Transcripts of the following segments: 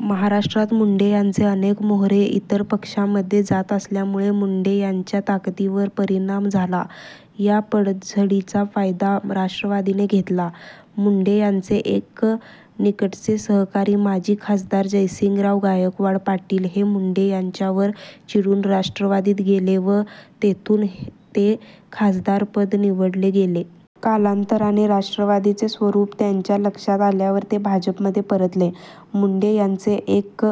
महाराष्ट्रात मुंडे यांचे अनेक मोहरे इतर पक्षामध्ये जात असल्यामुळे मुंडे यांच्या ताकदीवरही परिणाम झाला. या पडझडीचा फायदा राष्ट्रवादीने घेतला. मुंडे यांचे एक निकटचे सहकारी माजी खासदार जयसिंहराव गायकवाड पाटील हे मुंडे यांच्यावर चिडून राष्ट्रवादीत गेले व तेथून ते खासदारपदी निवडले गेले. कालांतराने राष्ट्रवादीचे स्वरूप त्यांच्या लक्षात आल्यावर ते भाजपमध्ये परतले. मुंडे यांचे एक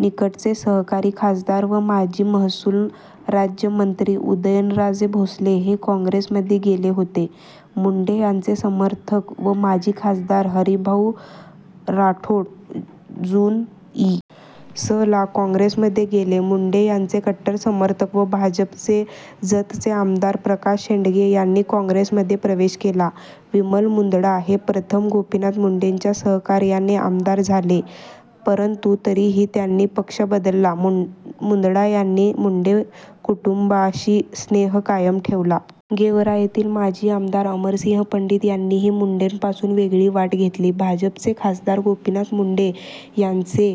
निकटचे सहकारी खासदार व माजी महसूल राज्यमंत्री उदयनराजे भोसले हे काँग्रेसमध्ये गेले होते. मुंडे यांचे समर्थक व माजी खासदार हरिभाऊ राठोड जून, इ. स. ला काँग्रेसमध्ये गेले. मुंडे यांचे कट्टर समर्थक व भाजपचे जतचे आमदार प्रकाश शेंडगे यांनी काँग्रेसमध्ये प्रवेश केला. विमल मुंदडा हे प्रथम गोपीनाथ मुंडेंच्या सहकार्याने आमदार झाले परंतु तरीही त्यांनी पक्ष बदलला. मुंदडा यांनी मुंडे कुटुंबाशी स्नेह कायम ठेवला. गेवराईतील माजी आमदार अमरसिंह पंडित यांनीही मुंडेंपासून वेगळी वाट घेतली. भाजपचे खासदार गोपीनाथ मुंडे यांचे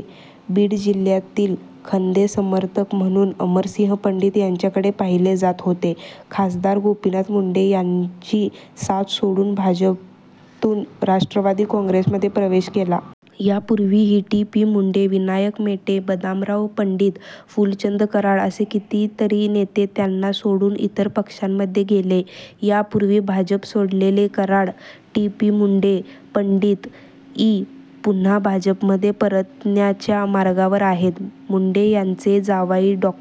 बीडजिल्हय़ातील खन्दे समर्थक म्हणून अमरसिंह पण्डित यांच्याकडे पाहिले जात होते. खासदार गोपीनाथ मुंडे यांची साथ सोडून भाजपतून राष्ट्रवादी काँग्रेसमध्ये प्रवेश केला. यापूर्वीही टी. पी. मुंडे, विनायक मेटे, बदामराव पण्डित, फुलचंद कराड असे कितीतरी नेते त्यांना सोडून इतर पक्षांमध्ये गेले. यापूर्वी भाजप सोडलेले कराड, टी. पी. मुंडे, पंडित, इ. पुन्हा भाजपमध्ये परतण्याच्या मार्गावर आहेत. मुंडे यांचे जावई डॉ.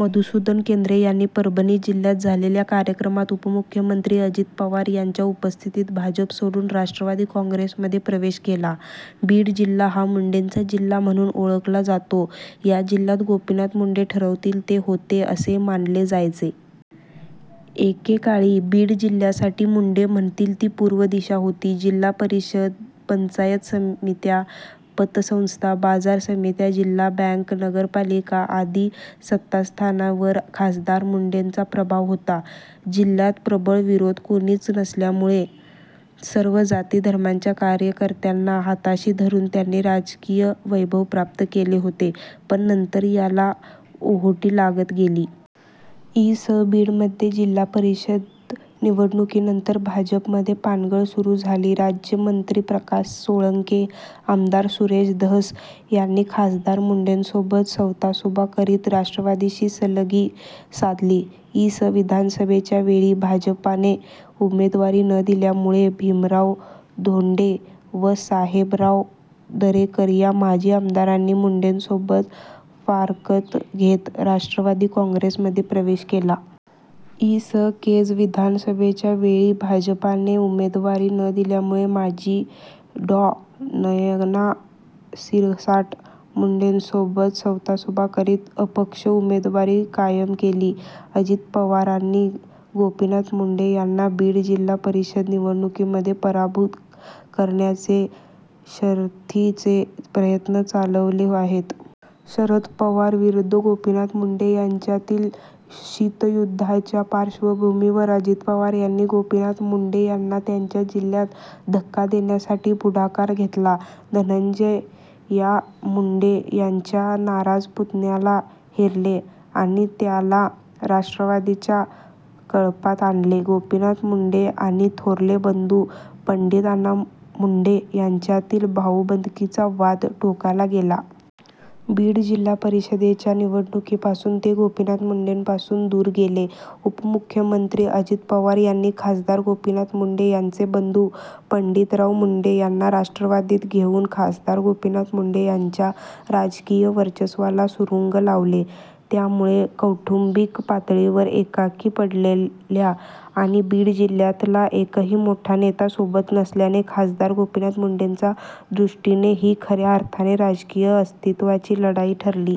मधुसुदन केन्द्रे यांनी परभणी जिल्ह्यात झालेल्या कार्यक्रमात उपमुख्यमंत्री अजित पवार यांच्या उपस्थितीत भाजप सोडून राष्ट्रवादी काँग्रेसमध्ये प्रवेश केला. बीड जिल्हा हा मुंडेंचा जिल्हा म्हणून ओळखला जातो. या जिल्ह्यात गोपीनाथ मुंडे ठरवतील ते होते असे मानले जायचे. एकेकाळी बीड जिल्ह्यासाठी मुंडे म्हणतील ती पूर्व दिशा होती. जिल्हा परिषद, पंचायत समित्या, पतसंस्था, बाजार समित्या, जिल्हा बँक, नगरपालिका आदी सत्तास्थानांवर खासदार मुंडेंचा प्रभाव होता. जिल्ह्यात प्रबळ विरोधक कोणीच नसल्यामुळे सर्व जाती-धर्मांच्या कार्यकर्त्यांना हाताशी धरून त्यांनी राजकीय वैभव प्राप्त केले होते, पण नंतर याला ओहोटी लागत गेली. इ. स. बीड मध्ये जिल्हा परिषद निवडणुकीनंतर भाजपमध्ये पानगळ सुरू झाली. राज्यमंत्री प्रकाश सोळंके, आमदार सुरेश धस यांनी खासदार मुंडेंसोबत सवतासुभा करीत राष्ट्रवादीशी सलगी साधली. इ. स. विधानसभेच्या वेळी भाजपाने उमेदवारी न दिल्यामुळे भीमराव धोण्डे व साहेबराव दरेकर या माजी आमदारांनी मुंडेंसोबत फारकत घेत राष्ट्रवादी काँग्रेसमध्ये प्रवेश केला. इ. स. केज विधानसभेच्या वेळी भाजपाने उमेदवारी न दिल्यामुळे माजी डॉ. नयना सिरसाट मुंडेंसोबत सवतासुभा करीत अपक्ष उमेदवारी कायम केली। अजित पवारांनी गोपीनाथ मुंडे यांना बीड जिल्हा परिषद निवडणुकीमध्ये पराभूत करण्याचे शर्थीचे प्रयत्न चालवले आहेत. शरद पवार विरुद्ध गोपीनाथ मुंडे यांच्यातील शीतयुद्धाच्या पार्श्वभूमीवर अजित पवार यांनी गोपीनाथ मुंडे यांना त्यांच्या जिल्ह्यात धक्का देण्यासाठी पुढाकार घेतला. धनंजय या मुंडे यांच्या नाराज पुतण्याला हेरले आणि त्याला राष्ट्रवादीच्या कळपात आणले. गोपीनाथ मुंडे आणि थोरले बंधू पण्डितअण्णा मुंडे यांच्यातील भाऊबंदकीचा वाद टोकाला गेला. बीड जिल्हा परिषदेच्या निवडणुकीपासून ते गोपीनाथ मुंडेपासून दूर गेले. उपमुख्यमंत्री अजित पवार यांनी खासदार गोपीनाथ मुंडे यांचे बंधू पण्डितराव मुंडे यांना राष्ट्रवादीत घेऊन खासदार गोपीनाथ मुंडे यांच्या राजकीय वर्चस्वाला सुरूंग लावले. त्यामुळे कौटुम्बिक पातळीवर एकाकी पडलेल्या आणि बीड जिल्ह्यातला एकही मोठा नेता सोबत नसल्याने खासदार गोपीनाथ मुंडेंच्या दृष्टीने ही खऱ्या अर्थाने राजकीय अस्तित्वाची लढाई ठरली.